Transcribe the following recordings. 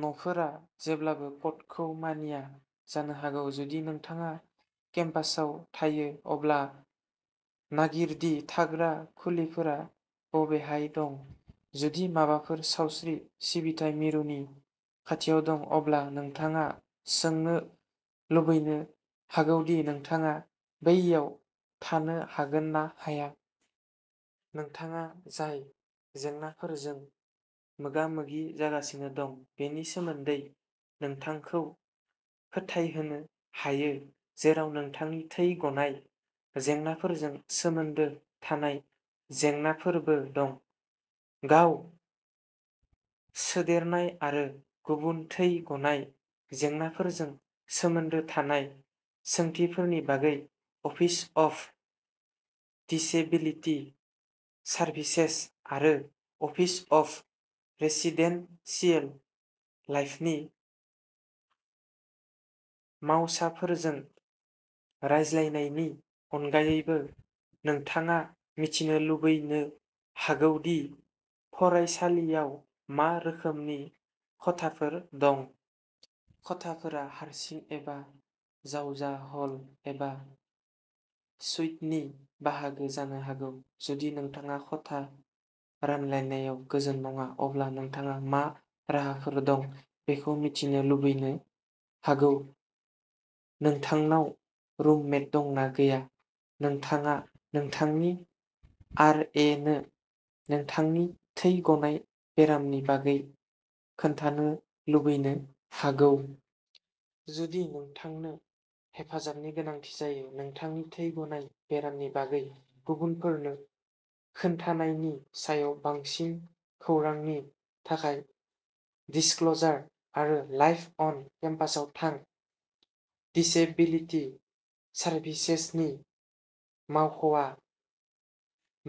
न'फोरा जेब्लाबो क'डखौ मानिया जानो हागौ। जुदि नोंथाङा केम्पासआव थायो। अब्ला नागिर दि थाग्रा खुलिफोरा बबेहाय दं। जुदि माबाफोर सावस्रि सिबिथाइ मिरुनि खाथियाव दं। अब्ला नोंथाङा सोंनो लुबैनो हागौ दि नोंथाङा बैयाव थानो हागोन ना हाया। नोंथाङा जाय जेंनाफोरजों मोगा-मोगि जागासिनो दं। बेनि सोमोन्दै नोंथांखौ फोथायहोनो हायो। जेराव नोंथांनि थै गनाय जेंनाफोरजों सोमोन्दो थानाय जेंनाफोरबो दं। गाव सोदेरनाय आरो गुबुन थै गनाय जेंनाफोरजों सोमोन्दो थानाय सोंथिफोरनि बागै अफिस अफ दिसएबिलिटि सारभिसेस आरो अफिस अफ रेसिडेनसियेल लाइफनि मावसाफोरजों रायज्लायनायनि अनगायैबो नोंथाङा मिथिनो लुबैनो हागौ दि फरायसालियाव मा रोखोमनि खथाफोर दं। खथाफोरा हारसिं एबा जावजा हल एबा सुइटनि बाहागो जानो हागौ। जुदि नोंथाङा खथा रानलायनायाव गोजोन नङा। अब्ला नोंथाङा मा राहाफोर दं बेखौ मिथिनो लुबैनो हागौ। नोंथांनाव रुममेट दं ना गैया। नोंथाङा नोंथांनि आर ए नो नोंथांनि थै गनाय बेरामनि बागै खोन्थानो लुबैनो हागौ। जुदि नोंथांनो हेफाजाबनि गोनांथि जायो। नोंथांनि थै गनाय बेरामनि बागै गुबुनफोरनो खोन्थानायनि सायाव बांसिन खौरांनि थाखाय दिसक्ल'जार आरो लाइफ अन केम्पासाव थां। दिसएबिलिटि सारभिसेसनि मावख'आ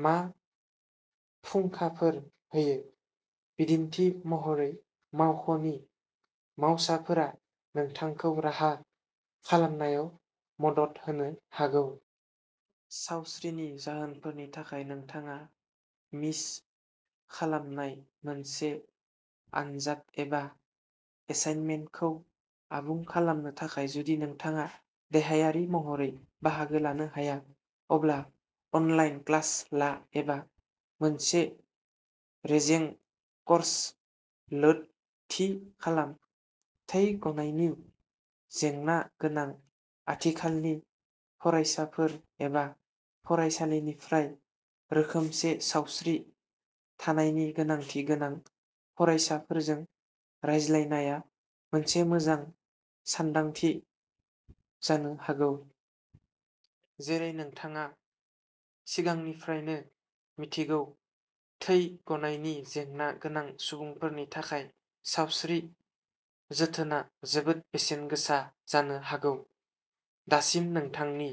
मा फुंखाफोर होयो? बिदिन्थि महरै मावख'नि मावसाफोरा नोंथांखौ राहा खालामनायाव मदद होनो हागौ। सावस्रिनि जाहोनफोरनि थाखाय नोंथाङा मिस खालामनाय मोनसे आनजाद एबा एसाइनमेन्टखौ आबुं खालामनो थाखाय जुदि नोंथाङा देहायारि महरै बाहागो लानो हाया। अब्ला अनलाइन क्लास ला एबा मोनसे रेजें कर्स लोड थि खालाम। थै गनायनि जेंना गोनां आथिखालनि फरायसाफोर एबा फरायसालिनिफ्राय रोखोमसे सावस्रि थानायनि गोनांथि गोनां फरायसाफोरजों रायज्लायनाया मोनसे मोजां सानदांथि जानो हागौ। जेरै नोंथाङा सिगांनिफ्रायनो मिन्थिगौ। थै गनायनि जेंना गोनां सुबुंफोरनि थाखाय सावस्रि जोथोनआ जोबोद बेसेन गोसा जानो हागौ। दासिम नोंथांनि